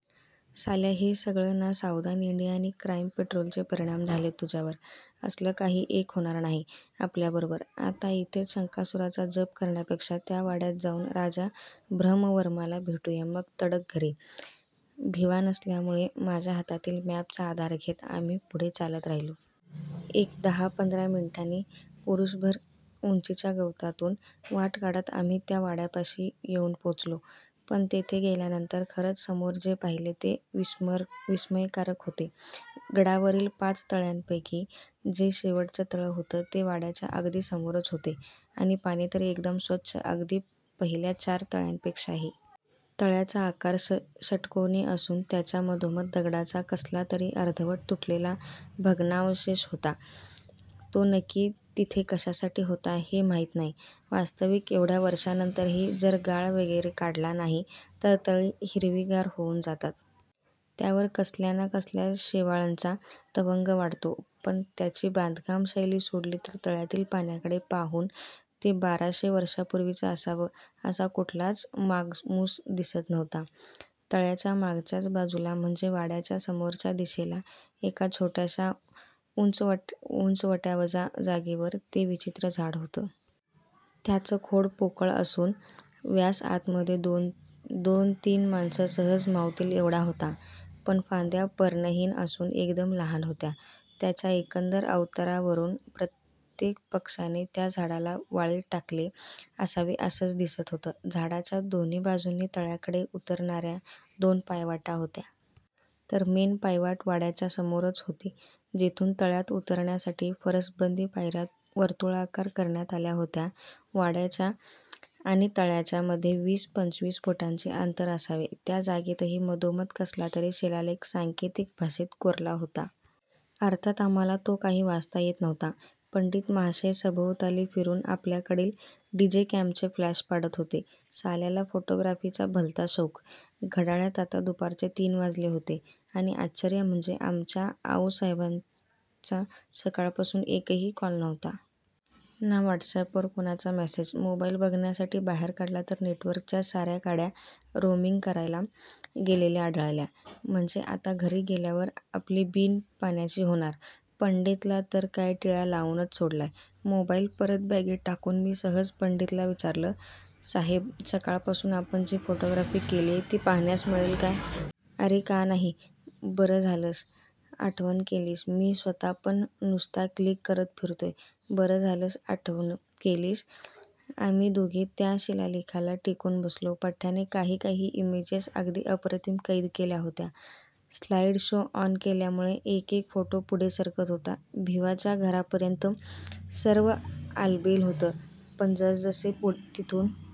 साल्या हे सगळं ना सावधान इंडिया आणि क्राईम पेट्रोलचे परिणाम झालेत तुझ्यावर. असलं काही एक होणार नाही आपल्याबरोबर आता इथेच शंकासुराचा जप करण्यापेक्षा त्या वाड्यात जाऊन राजा भ्रमरवर्माला भेटूया मग तडक घरी. भिवा नसल्यामुळे माझ्या हातातील मॅपचा आधार घेत आम्ही पुढे चालत राहिलो. एक दहा पंधरा मिनिटांनी पुरुषभर उंचीच्या गवतातून वाट काढत आम्ही त्या वाड्यापाशी येऊन पोहोचलो. पण तिथे गेल्यानंतर खरंच समोर जे पाहिले ते विस्मयकारक होते. गडावरील पाच तळ्यांपैकी जे शेवटचं तळं होतं ते वाड्याच्या अगदी समोरच होते आणि पाणी तर एकदम स्वच्छ अगदी पहिल्या चार तळ्यांपेक्षाही. तळ्याचा आकार षटकोणी असून त्याच्या मधोमध दगडाचा कसलातरी अर्धवट तुटलेला भग्नावशेष होता तो नक्की तिथे कशासाठी होता हे माहीत नाही. वास्तविक एवढ्या वर्षांनंतरही जर गाळ वगैरे काढला नाही तर तळी हिरवीगार होऊन जातात. त्यावर कसल्या ना कसल्या शेवाळंचा तवंग वाढतो. पण त्याची बांधकाम शैली सोडली तर तळ्यातील पाण्याकडे पाहून ते बाराशे वर्षांपूर्वीच असावे असा कुठलाच मागमूस दिसत नव्हता. तळ्याच्या मागच्याच बाजूला म्हणजे वाड्याच्या समोरच्या दिशेला एका छोट्याशा उंचवट्यावजा जागेवर ते विचित्र झाड होतं. त्याचं खोड पोकळ असून व्यास आतमध्ये दोनतीन माणसं सहज मावतील एवढा होता. पण फांद्या पर्णहीन असून एकदम लहान होत्या. त्याच्या एकंदर अवतारावरून प्रत्येक पक्षाने त्या झाडाला वाळीत टाकले असावे असंच दिसत होतं. झाडाच्या दोन्ही बाजूंनी तळ्याकडे उतरणाऱ्या दोन पायवाटा होत्या. तर मेन पायवाट वाड्याच्या समोरच होती. जिथून तळ्यात उतरण्यासाठी फरसबंदी पायऱ्या वर्तुळाकार करण्यात आल्या होत्या. वाड्याच्या आणि तळ्याच्या मध्ये वीस पंचवीस फुटांचे अंतर असावे त्या जागेतही मधोमध कसला तरी शिलालेख सांकेतिक भाषेत कोरला होता. अर्थात आम्हाला तो काही वाचता येत नव्हता. पंडित महाशय सभोवताली फिरून आपल्याकडील डिजिकॅमचे फ्लॅश पाडत होते. साल्याला फोटोग्राफीचा भलता शौक घड्याळात आता दुपारचे तीन वाजले होते. आणि आश्चर्य म्हणजे आमच्या आऊ साहेबांचा सकाळपासून एकही कॉल नव्हता. ना व्हॉट्सअॅपवर कुणाचा मेसेज मोबाईल बघण्यासाठी बाहेर काढला तर नेटवर्कच्या साऱ्या काड्या रोमिंग करायला गेलेल्या आढळल्या. म्हणजे आता घरी गेल्यावर आपली बिन पाण्याची होणार. पंडितला तर काय टिळा लावूनच सोडलाय. मोबाईल परत बॅगेत टाकून मी सहज पंडितला विचारलं साहेब सकाळपासून आपण जी फोटोग्राफी केलीय ती पाहण्यास मिळेल काय. अरे का नाही. बरं झालंस आठवण केलीस मी स्वतःपण नुसता क्लिक करत फिरतोय. बरं झालंस आठवण केलीस. आम्ही दोघे त्या शिलालेखाला टेकून बसलो. पठ्याने काही काही इमेजेस अगदी अप्रतिम कैद केल्या होत्या. स्लाईड शो ऑन केल्यामुळे एक एक फोटो पुढे सरकत होता. भिवाच्या घरापर्यंत सर्व आलबेल होतं पण जसजसे तिथून